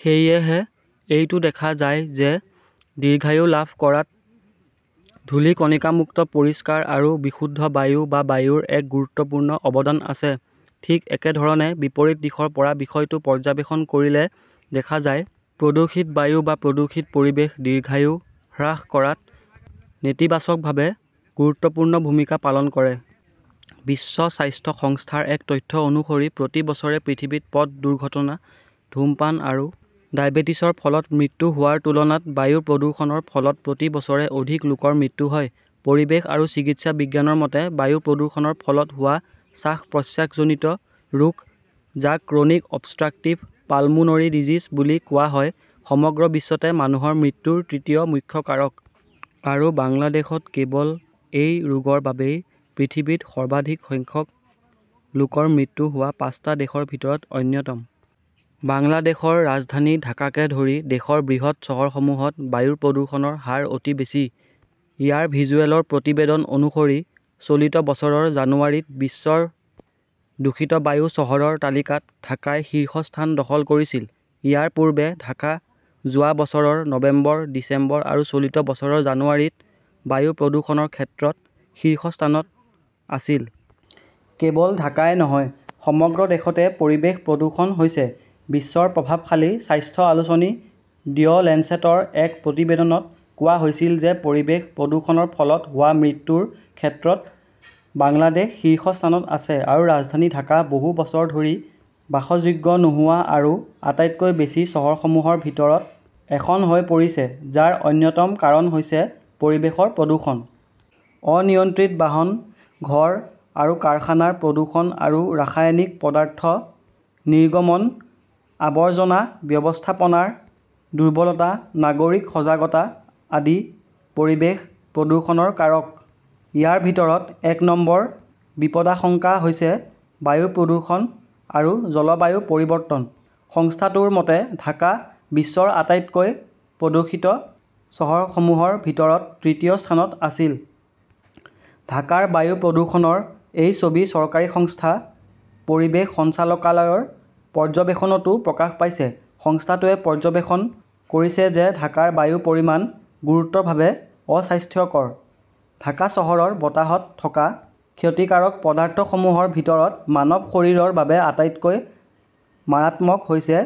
সেয়েহে, এইটো দেখা যায় যে দীৰ্ঘায়ু লাভ কৰাত ধূলি কণিকামুক্ত পৰিষ্কাৰ আৰু বিশুদ্ধ বায়ু বা বায়ুৰ এক গুৰুত্বপূৰ্ণ অৱদান আছে। ঠিক একেধৰণে, বিপৰীত দিশৰ পৰা বিষয়টো পৰ্যবেক্ষণ কৰিলে দেখা যায়, প্ৰদূষিত বায়ু বা প্ৰদূষিত পৰিৱেশে দীৰ্ঘায়ু হ্ৰাস কৰাত নেতিবাচকভাৱে গুৰুত্বপূৰ্ণ ভূমিকা পালন কৰে। বিশ্ব স্বাস্থ্য সংস্থাৰ এক তথ্য অনুসৰি, প্ৰতি বছৰে পৃথিৱীত পথ দুৰ্ঘটনা, ধূমপান আৰু ডায়েবেটিছৰ ফলত মৃত্যু হোৱাৰ তুলনাত বায়ু প্ৰদূষণৰ ফলত প্ৰতি বছৰে অধিক লোকৰ মৃত্যু হয়। পৰিৱেশ আৰু চিকিৎসা বিজ্ঞানৰ মতে, বায়ু প্ৰদূষণৰ ফলত হোৱা শ্বাস-প্ৰশ্বাসজনিত ৰোগ, যাক ক্ৰনিক অবষ্ট্ৰাকটিভ পালমোনৰী ডিজিজ বুলি কোৱা হয়, সমগ্ৰ বিশ্বতে মানুহৰ মৃত্যুৰ তৃতীয় মুখ্য কাৰক আৰু বাংলাদেশত কেৱল এই ৰোগৰ বাবেই পৃথিৱীত সৰ্বাধিক সংখ্যক লোকৰ মৃত্যু হোৱা পাঁচটা দেশৰ ভিতৰত অন্যতম। বাংলাদেশৰ ৰাজধানী ঢাকাকে ধৰি দেশৰ বৃহৎ চহৰসমূহত বায়ু প্ৰদূষণৰ হাৰ অতি বেছি। এয়াৰ ভিজুৱেলৰ প্ৰতিবেদন অনুসৰি, চলিত বছৰৰ জানুৱাৰীত বিশ্বৰ দূষিত বায়ু চহৰৰ তালিকাত ঢাকাই শীৰ্ষস্থান দখল কৰিছিল। ইয়াৰ পূৰ্বে ঢাকা যোৱা বছৰৰ নৱেম্বৰ, ডিচেম্বৰ আৰু চলিত বছৰৰ জানুৱাৰীত বায়ু প্ৰদূষণৰ ক্ষেত্ৰত শীৰ্ষ স্থানত আছিল। কেৱল ঢাকাই নহয়, সমগ্ৰ দেশতে পৰিৱেশ প্ৰদূষণ হৈছে। বিশ্বৰ প্ৰভাৱশালী স্বাস্থ্য আলোচনী দ্য লেঞ্চেটৰ এক প্ৰতিবেদনত কোৱা হৈছিল যে পৰিৱেশ প্ৰদূষণৰ ফলত হোৱা মৃত্যুৰ ক্ষেত্ৰত বাংলাদেশ শীৰ্ষস্থানত আছে আৰু ৰাজধানী ঢাকা বহু বছৰ ধৰি বাসযোগ্য নোহোৱা আৰু আটাইতকৈ বেয়া চহৰসমূহৰ ভিতৰত এখন হৈ পৰিছে, যাৰ অন্যতম কাৰণ হৈছে পৰিৱেশৰ প্ৰদূষণ। অনিয়ন্ত্ৰিত বাহন, ঘৰ আৰু কাৰখানাৰ প্ৰদূষণ আৰু ৰাসায়নিক পদাৰ্থ নিৰ্গমন, আৱৰ্জনা ব্যৱস্থাপনাৰ দুৰ্বলতা, নাগৰিক সজাগতা আদি পৰিৱেশ প্ৰদূষণৰ কাৰক। ইয়াৰ ভিতৰত এক নম্বৰ বিপদাশংকা হৈছে বায়ু প্ৰদূষণ আৰু জলবায়ু পৰিৱৰ্তন। সংস্থাটোৰ মতে ঢাকা বিশ্বৰ আটাইতকৈ প্ৰদূষিত চহৰসমূহৰ ভিতৰত তৃতীয় স্থানত আছিল। ঢাকাৰ বায়ু প্ৰদূষণৰ এই ছবি চৰকাৰী সংস্থা পৰিৱেশ সঞ্চালকালয়ৰ পৰ্যবেক্ষণতো প্ৰকাশ পাইছে। সংস্থাটোৱে পৰ্যবেক্ষণ কৰিছে যে ঢাকাৰ বায়ুৰ পৰিমাণ গুৰুতৰভাৱে অস্বাস্থ্যকৰ। ঢাকা চহৰৰ বতাহত থকা ক্ষতিকাৰক পদাৰ্থসমূহৰ ভিতৰত মানৱ শৰীৰৰ বাবে আটাইতকৈ মাৰাত্মক হৈছে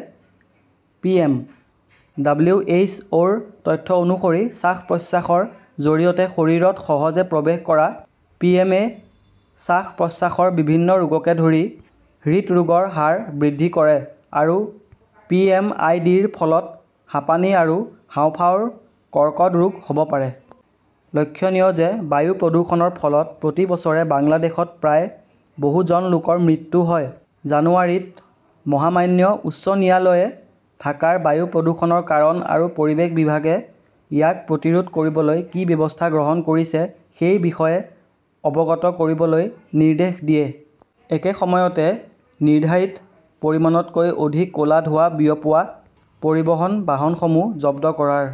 পিএম । ডব্লিউ. এইচ. অ ' ৰ তথ্য অনুসৰি, শ্বাস-প্ৰশ্বাসৰ জৰিয়তে শৰীৰত সহজে প্ৰৱেশ কৰা পিএম - এ শ্বাস-প্ৰশ্বাসৰ বিভিন্ন ৰোগকে ধৰি হৃদৰোগৰ হাৰ বৃদ্ধি কৰে আৰু পিএম আই. ডি.ৰ ফলত হাঁপানি আৰু হাঁওফাঁওৰ কৰ্কট ৰোগ হ' ব পাৰে। লক্ষণীয় যে বায়ু প্ৰদূষণৰ ফলত প্ৰতি বছৰে বাংলাদেশত প্ৰায় বহু জন লোকৰ মৃত্যু হয়। জানুৱাৰীত মহামান্য উচ্চ ন্যায়ালয়ে ঢাকাৰ বায়ু প্ৰদূষণৰ কাৰণ আৰু পৰিৱেশ বিভাগে ইয়াক প্ৰতিৰোধ কৰিবলৈ কি ব্যৱস্থা গ্ৰহণ কৰিছে সেই বিষয়ে অৱগত কৰিবলৈ নিৰ্দেশ দিয়ে। একে সময়তে, নিৰ্ধাৰিত পৰিমাণতকৈ অধিক ক'লা ধোঁৱা বিয়পোৱা পৰিবহণ বাহনসমূহ জব্দ কৰাৰ